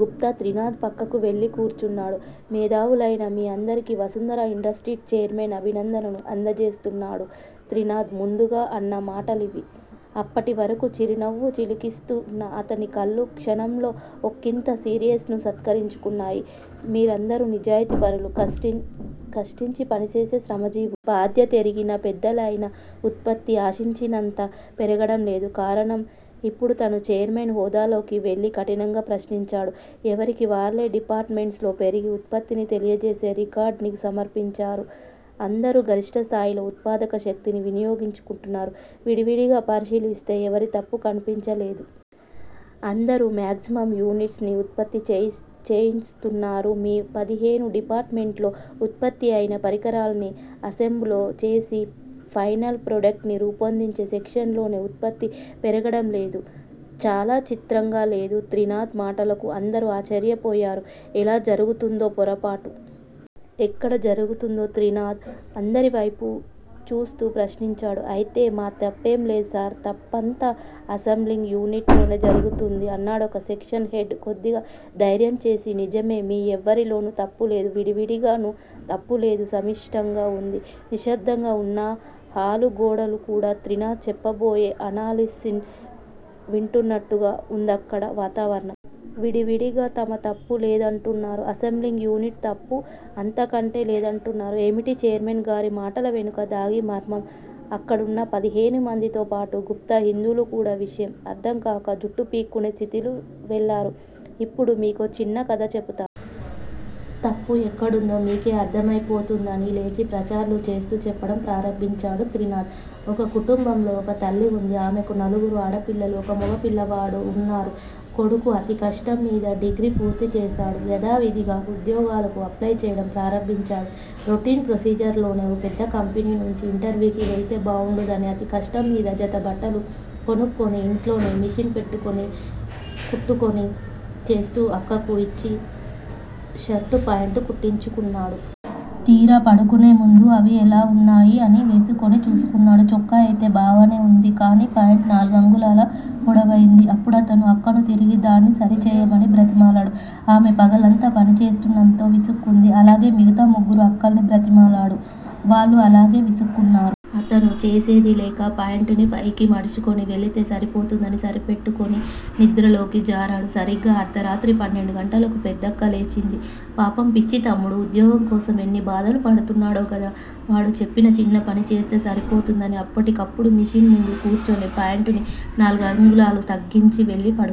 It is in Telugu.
గుప్తా త్రినాధ్ పక్కకు వెళ్ళి కూర్చున్నాడు. మేధావులైన మీ అందరికీ వసుంధరా ఇండస్ట్రీస్ చైర్మెన్ అభినందనలు అందజేస్తున్నాడు త్రినాధ్ ముందుగా అన్న మాటలివి. అప్పటివరకూ చిరునవ్వును చిలికిస్తున్న అతని కళ్ళు క్షణాల్లోనే ఒకింత సీరియస్ నెస్ ను సంతరించుకున్నాయి. మీరందరూ నిజాయితీపరులు, కష్టించి పనిచేసే శ్రమజీవులు. బాధ్యతెరిగిన పెద్దలు. అయినా ఉత్పత్తి ఆశించినంతగా పెరగడం లేదు. కారణం? ఇప్పుడతను చైర్మన్ హోదాలోకి వెళ్ళి కఠినంగా ప్రశ్నించాడు. ఎవరికి వారే వాళ్ళ డిపార్టుమెంట్స్ లో పెరిగిన ఉత్పత్తిని తెలియజేసే రికార్డ్స్ ని సమర్పించారు. అందరూ గరిష్టస్థాయిలోనే ఉత్పాదక శక్తిని వినియోగించుకుంటున్నారు. విడివిడిగా పరిశీలిస్తే ఎవరి తప్పూ కనిపించడం లేదు. అందరూ మాగ్జిమమ్ యూనిట్స్ ని ఉత్పత్తి చేయిస్తున్నారు. మీ పదిహేను డిపార్ట్ మెంట్స్ లో ఉత్పత్తి అయిన పరికరాల్ని అసెంబుల్ చేసి ఫైనల్ ప్రోడక్ట్ ని రూపొందించే సెక్షన్ లోనే ఉత్పత్తి పెరగడంలేదు. చాలా చిత్రంగా లేదు? త్రినాధ్ మాటలకు అందరూ ఆశ్చర్యపోయారు. ఎలా జరుగుతోంది పొరపాటు? ఎక్కడ జరుగుతోంది? త్రినాధ్ అందరివైపూ చూస్తూ ప్రశ్నించాడు. అయితే మా తప్పేం లేదు సార్. తప్పంతా అసెంబ్లింగ్ యూనిట్ లోనే జరుగుతోంది అన్నాడొక సెక్షన్ హెడ్ కొద్దిగా ధైర్యం చేసి. నిజమే- మీ ఎవ్వరిలోనూ తప్పులేదు. విడివిడిగానూ తప్పు లేదు సమిష్టిగా వుంది నిశ్శబ్దంగా వున్న ఆ హాలు గోడలు కూడా త్రినాధ్ చెప్పబోయే అనాలసిస్ ను వింటున్నట్టుగా వుందక్కడ వాతావరణం. విడివిడిగా తమ తప్పు లేదంటున్నారు. అసెంబ్లింగ్ యూనిట్ తప్పు అంతకంటే లేదంటున్నారు. ఏమిటి చైర్మన్ గారి మాటల వెనుక దాగిన మర్మం? అక్కడున్న పదిహేనుమందితోపాటు గుప్తా, హిందూలు కూడా విషయం అర్ధం కాక జుట్టు పీక్కునే స్థితికి వెళ్ళారు. ఇప్పుడు మీకో చిన్న కథ చెబుతాను. తప్పు ఎక్కడుందో మీకే అర్ధమయిపోతుంది అని లేచి పచార్లు చేస్తూ చెప్పడం ప్రారంభించాడు త్రినాధ్. ఒక కుటుంబంలో ఒక తల్లి వుంది. ఆమెకు నలుగురు ఆడపిల్లలు, ఒక మగపిల్లవాడు వున్నారు. కొడుకు అతికష్టంమీద డిగ్రీ పూర్తిచేశాడు. యధావిధిగా ఉద్యోగాలకు అప్లై చేయడం ప్రారంభించాడు. రొటీన్ ప్రొసీజర్ లోనే ఓ పెద్ద కంపెనీ నుంచి ఇంటర్వ్యూకి వెళ్తే బావుండదని అతికష్టంమీద జత బట్టలు కొనుక్కుని, ఇంట్లోనే మెషిన్ పెట్టుకుని కుట్టుకుని చేస్తున్న అక్కకు ఇచ్చి షర్ట్, పాంట్ కుట్టించుకున్నాడు. తీరా పడుకునేముందు అవెలా వున్నాయో అని వేసుకు చూసుకున్నాడు. చొక్కా అయితే బానే వుంది. కాని, పాంట్ నాలుగంగుళాలు పొడవైంది. అప్పుడతను అక్కను తిరిగి దాన్ని సరిచేయమని బ్రతిమిలాడాడు. ఆమె పగలంతా పని చేస్తుండడంతో విసుక్కుంది. అలాగే మిగతా ముగ్గురు అక్కల్ని బ్రతిమిలాడాడు. వాళ్ళూ అలాగే విసుక్కున్నారు. అతను చేసేదిలేక పాంట్ ని పైకి మడుచుకుని వెళితే సరిపోతుందని సరిపెట్టుకుని నిద్రలోకి జారాడు. సరీగ్గా అర్దరాత్రి పన్నెండు గంటలకు పెద్దక్క లేచింది. పాపం! పిచ్చి తమ్ముడు, ఉద్యోగం కోసం ఎన్ని బాధలు పడుతున్నాడో గదా వాడు చెప్పిన చిన్న పని చేస్తే సరిపోతుందని అప్పటికప్పుడు మెషిన్ ముందు కూర్చుని పాంట్ ని నాలుగంగుళాలు తగ్గించి వెళ్ళి పడుకుంది.